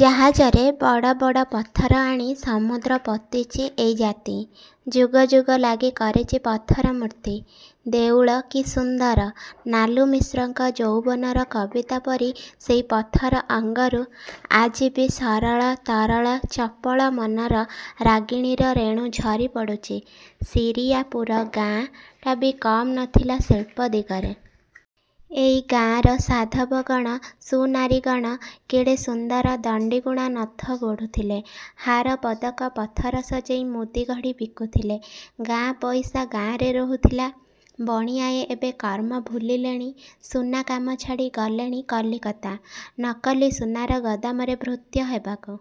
ଜାହାଜରେ ବଡ଼ ବଡ଼ ପଥର ଆଣି ସମୁଦ୍ର ପୋତିଚି ଏଇଜାତି। ଯୁଗ ଯୁଗ ଲାଗି କରିଚି ପଥର–ମୂର୍ତ୍ତି। ଦେଉଳ, କି ସୁନ୍ଦର! ନାଲୁମିଶ୍ରଙ୍କ ଯୌବନର କବିତା ପରି, ସେଇ ପଥର ଅଙ୍ଗରୁ, ଆଜି ବି, ସରଳ–ତରଳ–ଚପଳ ମନର ରାଗିଣୀର ରେଣୁ ଝରି ପଡ଼ୁଚି। ଶିରିଆପୁର ଗାଁଟା ବି କମ୍ ନ ଥିଲା ଶିଳ୍ପ ଦିଗରେ। ଏଇ ଗାଁର ସାଧବଗଣ, ସୁନାରୀଗଣ କେଡ଼େ ସୁନ୍ଦର ଦଣ୍ଡିଗୁଣା ନୋଥ ଗଢ଼ୁଥିଲେ। ହାର ପଦକ, ପଥର ସଜେଇ ମୁଦିଗଢ଼ି ବିକୁଥିଲେ। ଗାଁ ପଇସା ଗାଁରେ ରହୁଥିଲା। ବାଣିଆଏ ଏବେ କର୍ମ ଭୁଲିଲେଣି। ସୁନା କାମ ଛାଡ଼ି ଗଲେଣି କଲିକତା, ନକଲି ସୁନାର ଗୋଦାମରେ ଭୃତ୍ୟ ହେବାକୁ।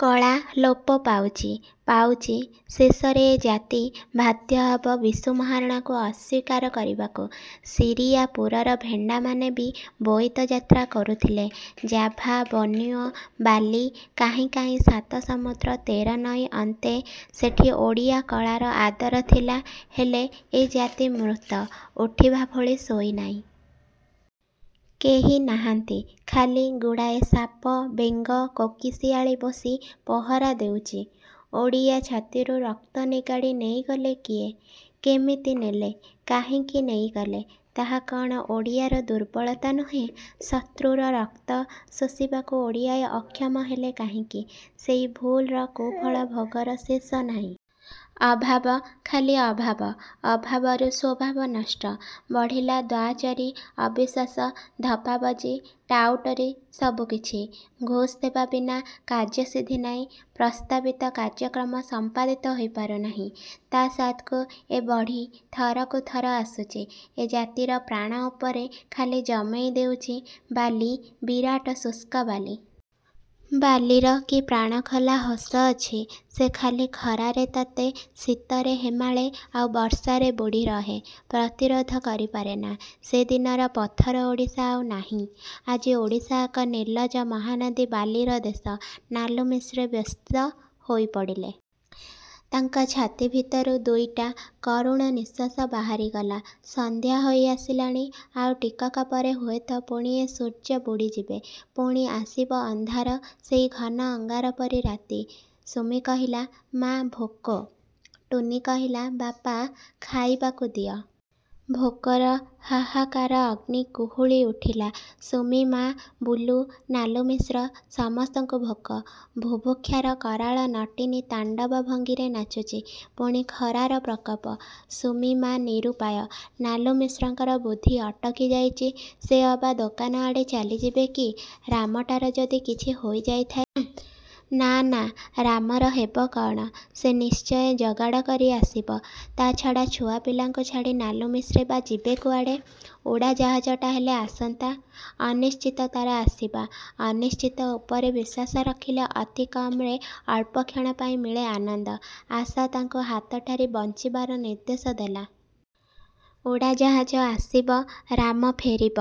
କଳା ଲୋପ ପାଉଚି, ପାଉଚି; ଶେଷରେ ଏଜାତି ବାଧ୍ୟହେବ ବିଶୁ ମହାରଣାକୁ ଅସ୍ୱୀକାର କରିବାକୁ। ଶିରିଆପୁରର ଭେଣ୍ଡାମାନେ ବି ବୋଇତ ଯାତ୍ରା କରୁଥିଲେ–ଜାଭା ବୋର୍ଣ୍ଣିଓ, ବାଲି କାହିଁ କାହିଁ ସାତ ସମୁଦ୍ର ତେରନଈ ଅନ୍ତେ। ସେଠି ଓଡ଼ିଆ କଳାର ଆଦରଥିଲା। ହେଲେ ଏଜାତି ମୃତ। ଉଠିବା ଭଳି ଶୋଇନାହିଁ। କେହି ନାହାନ୍ତି ଖାଲି ଗୁଡ଼ାଏ ସାପ, ବେଙ୍ଗ, କୋକିଶିଆଳ ବସି ପହରା ଦେଉଚି। ଓଡ଼ିଆ ଛାତିରୁ ରକ୍ତ ନିଗାଡ଼ି ନେଇଗଲେ କିଏ? କେମିତି ନେଲେ? କାହିଁକି ନେଇଗଲେ? ତାହା କଣ ଓଡ଼ିଆର ଦୁର୍ବଳତା ନୁହେଁ? ଶତ୍ରୁର ରକ୍ତ ଶୋଷିବାକୁ ଓଡ଼ିଆଏ ଅକ୍ଷମ ହେଲେ କାହିଁକି? ସେଇ ଭୁଲ୍ର କୁଫଳ ଭୋଗର ଶେଷ ନାହିଁ। ଅଭାବ, ଖାଲି ଅଭାବ। ଅଭାବରୁ ସ୍ୱଭାବ ନଷ୍ଟ। ବଢ଼ିଲା ଦ୍ୱାଚୋରୀ ଅବିଶ୍ୱାସ, ଧପ୍ପାବାଜି, ଟାଉଟରୀ ସବୁକିଛି। ଘୁସ୍ ଦେବା ବିନା କାର୍ଯ୍ୟସିଦ୍ଧି ନାଇଁ। ପ୍ରସ୍ତାବିତ କାର୍ଯ୍ୟକ୍ରମ ସଂପାଦିତ ହୋଇପାରୁ ନାଇଁ। ତା ସାଥକୁ ଏ ବଢ଼ି ଥରକୁ ଥର ଆସୁଚି। ଏ ଜାତିର ପ୍ରାଣ ଉପରେ ଖାଲି ଜମେଇ ଦେଉଛି ବାଲି, ବିରାଟ ଶୁଷ୍କବାଲି। ବାଲିର କି ପ୍ରାଣଖୋଲା ହସ ଅଛି। ସେ ଖାଲି ଖରାରେ ତାତେ, ଶୀତରେ ହେମାଳେ, ଆଉ ବର୍ଷାରେ ବୁଡ଼ି ରହେ। ପ୍ରତିରୋଧ କରି ପାରେନା। ସେ ଦିନର ପଥର ଓଡ଼ିଶା ଆଉ ନାହିଁ। ଆଜି ଓଡ଼ିଶା ଏକ ନିର୍ଲ୍ଲଜ ମହାନଦୀ ବାଲିର ଦେଶ। ନାଲୁମିଶ୍ରେ–ବ୍ୟସ୍ତ ହୋଇ ପଡ଼ିଲେ। ତାଙ୍କ ଛାତି ଭିତରୁ ଦୁଇଟା କରୁଣ ନିଃଶ୍ୱାସ ବାହାରିଗଲା। ସଂଧ୍ୟା ହୋଇ ଆସିଲାଣି। ଆଉ ଟିକକ ପରେ ହୁଏତ ପୁଣି ଏ ସୂର୍ଯ୍ୟ ବୁଡ଼ିଯିବେ। ପୁଣି ଆସିବ ଅନ୍ଧାର, ସେଇ ଘନ ଅଙ୍ଗାର ପରି ରାତି। ସୁମି କହିଲା–ମା' ଭୋକ। ଟୁନୀ କହିଲା ବାପା, ଖାଇବାକୁ ଦିଅ। ଭୋକର ହାହାକାର ଅଗ୍ନି କୁହୁଳି ଉଠିଲା। ସୁମି-ମା, ବୁଲୁ, ନାଲୁମିଶ୍ର ସମସ୍ତଙ୍କୁ ଭୋକ। ବୁଭୁକ୍ଷାର କରାଳ ନଟୀନୀ ତାଣ୍ଡବ ଭଙ୍ଗୀରେ ନାଚୁଛି। ପୁଣି, ଖରାର ପ୍ରକୋପ। ସୁମି-ମା, ନିରୁପାୟ। ନାଲୁମିଶ୍ରଙ୍କର ବୁଦ୍ଧି ଅଟକି ଯାଇଛି। ସେ ଅବା ଦୋକାନଆଡ଼େ ଚାଲିଯିବେ କି? ରାମଟାର ଯଦି କିଛି ହୋଇଯାଇଥାଏ? ନା ନା ରାମର ହେବ କ'ଣ–ସେ ନିଶ୍ଚୟ ଯୋଗାଡ଼ କରି ଆସିବ। ତା'ଛଡ଼ା ଛୁଆପିଲାଙ୍କୁ ଛାଡ଼ି ନାଲୁମିଶ୍ରେ ବା ଯିବେ କୁଆଡ଼େ? ଉଡ଼ାଜାହାଜଟା ହେଲେ ଆସନ୍ତା। ଅନିଶ୍ଚିତ ତା'ର ଆସିବା।। ଅନିଶ୍ଚିତ ଉପରେ ବିଶ୍ୱାସ ରଖିଲେ ଅତି କମରେ ଅଳ୍ପକ୍ଷଣପାଇଁ ମିଳେ ଆନନ୍ଦ। ଆଶା ତାଙ୍କୁ ହାତଠାରି ବଞ୍ଚିବାର ନିର୍ଦ୍ଦେଶ ଦେଲା। ଉଡ଼ାଜାହାଜ ଆସିବ। ରାମ ଫେରିବ।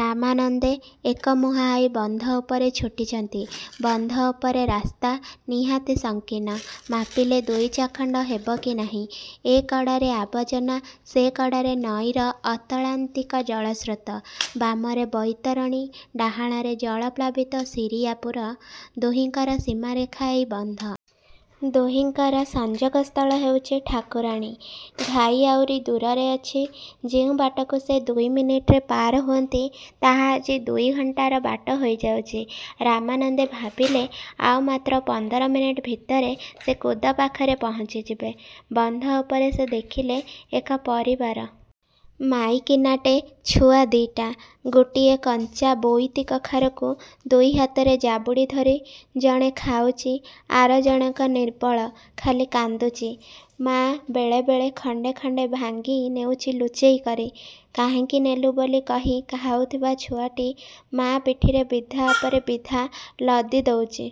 ରାମାନନ୍ଦେ। ଏକମୁହାଁ ହୋଇ ବନ୍ଧ ଉପରେ ଛୁଟିଛନ୍ତି। ବନ୍ଧ ଉପର ରାସ୍ତା, ନିହାତି ସଂକୀର୍ଣ୍ଣ। ମାପିଲେ ଦୁଇ ଚାଖଣ୍ଡ ହେବ କି ନାହିଁ। ଏ କଡ଼ରେ ଆବର୍ଜ୍ଜନା, ସେ କଡ଼ରେ ନଈର ଅତଳାନ୍ତିକ ଜଳସ୍ରୋତ। ବାମରେ ବୈତରଣୀ, ଡାହାଣରେ ଜଳପ୍ଳାବିତ ଶିରିଆପୁର ଦୁହିଙ୍କର ସୀମାରେଖା ଏଇ ବନ୍ଧ। ଦୁହିଙ୍କର ସଂଯୋଗସ୍ଥଳ ହେଉଚି ଠାକୁରାଣୀ ଘାଇ, ଆହୁରି ଦୂରରେ ଅଛି-। ଯେଉଁ ବାଟକୁ ସେ ଦୁଇ ମିନିଟରେ ପାର ହୁଅନ୍ତି, ତାହା ଆଜି ଦୁଇଘଣ୍ଟାର ବାଟ ହୋଇଯାଉଛି। ରାମାନନ୍ଦେ ଭାବିଲେ–ଆଉ ମାତ୍ର ପନ୍ଦର ମିନିଟ୍ ଭିତରେ ସେ କୁଦ ପାଖରେ ପହଞ୍ଚିଯିବେ। ବନ୍ଧ ଉପରେ ସେ ଦେଖିଲେ ଏକ ପରିବାର। ମାଇକିନାଟେ ଛୁଆ ଦି'ଟା। ଗୋଟିଏ କଞ୍ଚା ବୋଇତିକଖାରୁକୁ ଦୁଇ ହାତରେ ଜାବୁଡ଼ି ଧରି ଜଣେ ଖାଉଛି। ଆରଜଣକ ନିର୍ବଳ। ଖାଲି କାନ୍ଦୁଛି। ମା' ବେଳେବେଳେ ଖଣ୍ଡେ ଖଣ୍ଡେ ଭାଙ୍ଗି ନେଉଛି ଲୁଚେଇ କରି। କାହିଁକି ନେଲୁ ବୋଲି କହି ଖାଉଥିବା ଛୁଆଟି ମା' ପିଠିରେ ବିଧା ଉପରେ ବିଧା ଲଦି ଦେଉଛି।